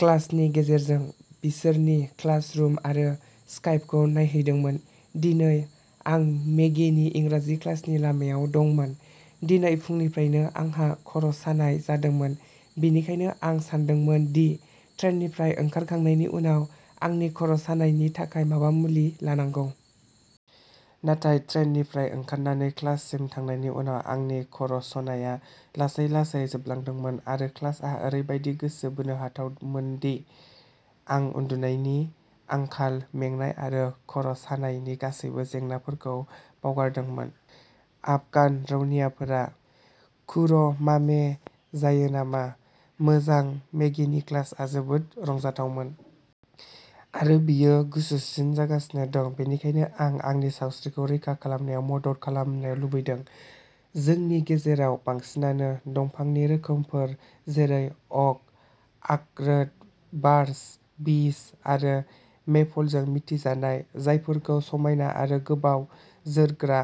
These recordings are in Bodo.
क्लासनि गेजेरजों बिसोरनि क्लास रुम आरो स्काइपखौ नायहैदोंमोन। दिनै, आं मेगीनि इंराजि क्लासनि लामायाव दंमोन। दिनै फुंनिफ्रायनो आंहा खर'सानाय जादोंमोन। बेनिखायनो आं सानदोंमोन दि ट्रेननिफ्राय ओंखारखांनायनि उनाव आंनि खर'सानायनि थाखाय माबा मुलि लानांगौ। नाथाय ट्रेननिफ्राय ओंखारनानै क्लाससिम थांनायनि उनाव, आंनि खर'सनाया लासै-लासै जोबलांदोंमोन। आरो क्लासआ ओरैबायदि गोसो बोनो हाथावनामोन दि आं उन्दुनायनि आंखाल, मेंनाय आरो खर'सानायनि गासैबो जेंनाफोरखौ बावगारदोंमोन। "आफगान रौनियाफोरा कुर'मामे जायो नामा? मोजां, मेगीनि क्लासआ जोबोद रंजाथावमोन!! आरो बेयो गुसुसिन जागासिनो दं। बेनिखायनो, आं आंनि सावस्रिखौ रैखा खालामनायाव मदद खालामनो लुबैदों! जोंनि गेजेराव बांसिनानो दंफांनि रोखोमफोर जेरै अक, आखरोट, बार्च, बीच आरो मेपलजों मिथिजानाय, जायफोरखौ समायना आरो गोबाव जोरग्रा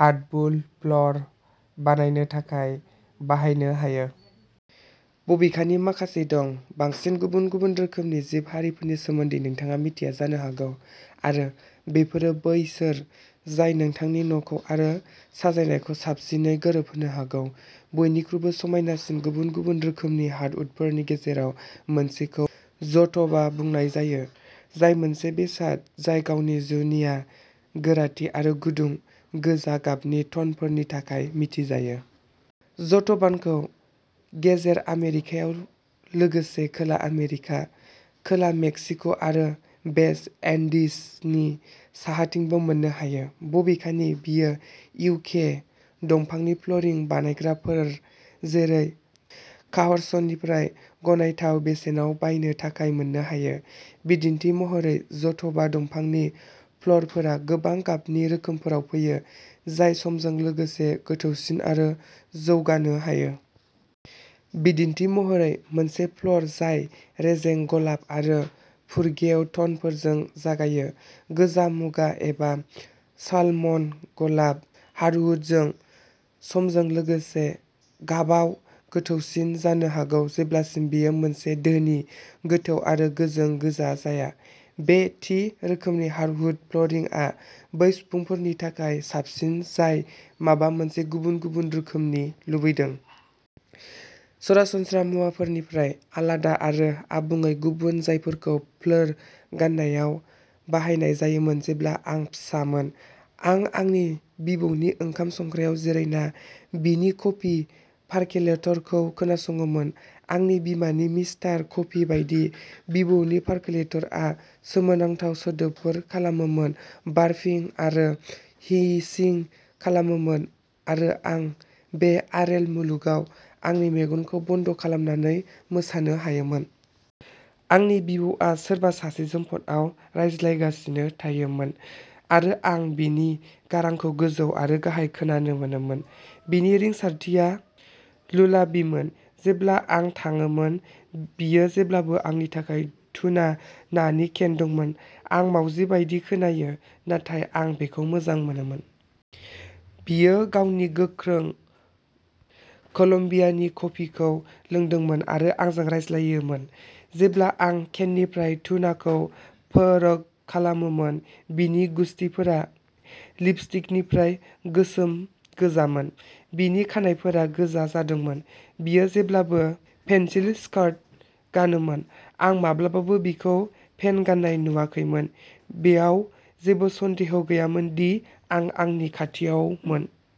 हार्डवुड फ्ल'र बानायनो थाखाय बाहायनो हायो। बबेखानि, माखासे दं। बांसिन गुबुन-गुबुन रोखोमनि जिब-हारिफोरनि सोमोन्दै नोंथाङा मिन्थिया जानो हागौ, आरो बेफोरो बैसोर जाय नोंथांनि न'खौ आरो साजायनायखौ साबसिनै गोरोबहोनो हागौ। बयनिख्रुइबो समायनासिन गुबुन-गुबुन रोखोमनि हार्डवुडफोरनि गेजेराव मोनसेखौ जट'बा बुंनाय जायो, जाय मोनसे बेसाद जाय गावनि जुनिया गोराथि आरो गुदुं, गोजा गाबनि टनफोरनि थाखाय मिथिजायो। जट'बानखौ गेजेर आमेरिकायाव, लोगोसे खोला आमेरिका, खोला मेक्सिक'आरो वेस्ट इंडीजनि साहाथिंबो मोननो हायो। बबेखानि, बेयो इउके दंफांनि फ्ल'रिं बानायग्राफोर जेरै काहर्सनिफ्राय गनायथाव बेसेनाव बायनो थाखाय मोननो हायो, बिदिन्थि महरै। जट'बा दंफांनि फ्ल'रफोरा गोबां गाबनि रोखोमफोराव फैयो, जाय समजों लोगोसे गोथौसिन आरो जौगानो हायो। बिदिन्थि महरै, मोनसे फ्ल'र जाय रेजें गलाब आरो फुरगेव टनफोरजों जागायो, गोजा मुगा एबा सालमन गलाब हार्टवुडजों, समजों लोगोसे गाबाव गोथौसिन जानो हागौ जेब्लासिम बेयो मोनसे धोनि, गोथौ आरो गोजों गोजा जाया। बे थि रोखोमनि हार्डवुड फ्ल'रिंआ बै सुबुंफोरनि थाखाय साबसिन जाय माबा मोनसे गुबुन-गुबुन रोखोमनि लुबैदों। सरासनस्रा मुवाफोरनिफ्राय आलादा आरो आबुङै गुबुन, जायफोरखौ फ्लोर गाननायाव बाहायनाय जायोमोन। जेब्ला आं फिसामोन, आं आंनि बिबौनि ओंखाम संग्रायाव जिरायना बिनि कफि पारकलेटरखौ खोनासङोमोन। आंनि बिमानि मिस्टार कफि बायदि, बिबौनि पारकलेटरआ सोमोनांथाव सोदोबफोर खालामोमोन, बार्पिं आरो हिसिं खालामोमोन, आरो आं बे आरेल मुलुगाव आंनि मेगनखौ बन्द'खालामनानै मोसानो हायोमोन। आंनि बिबौआ सोरबा सासेजों फनआव रायज्लायगासिनो थायोमोन आरो आं बिनि गारांखौ गोजौ आरो गाहाय खोनानो मोनोमोन, बिनि रिंसारथिया लुलाबिमोन। जेब्ला आं थाङोमोन, बियो जेब्लाबो आंनि थाखाय टुना नानि केन दंमोन। आं मावजि बायदि खोनायो, नाथाय आं बेखौ मोजां मोनोमोन। बियो गावनि गोख्रों कलम्बियानि कफिखौ लोंदोंमोन आरो आंजों रायज्लायोमोन, जेब्ला आं केननिफ्राय टुनाखौ फोरक खालामोमोन। बिनि गुसथिफोरा लिपस्टिकनिफ्राय गोसोम गोजामोन, बिनि खानाइफोरा गोजा जादोंमोन। बियो जेब्लाबो पेन्सिल स्कार्ट गानोमोन, आं माब्लाबाबो बिखौ पेन्ट गान्नाय नुवाखैमोन। बेयाव जेबो सन्देह गैयामोन दि आं आंनि खाथियावमोन।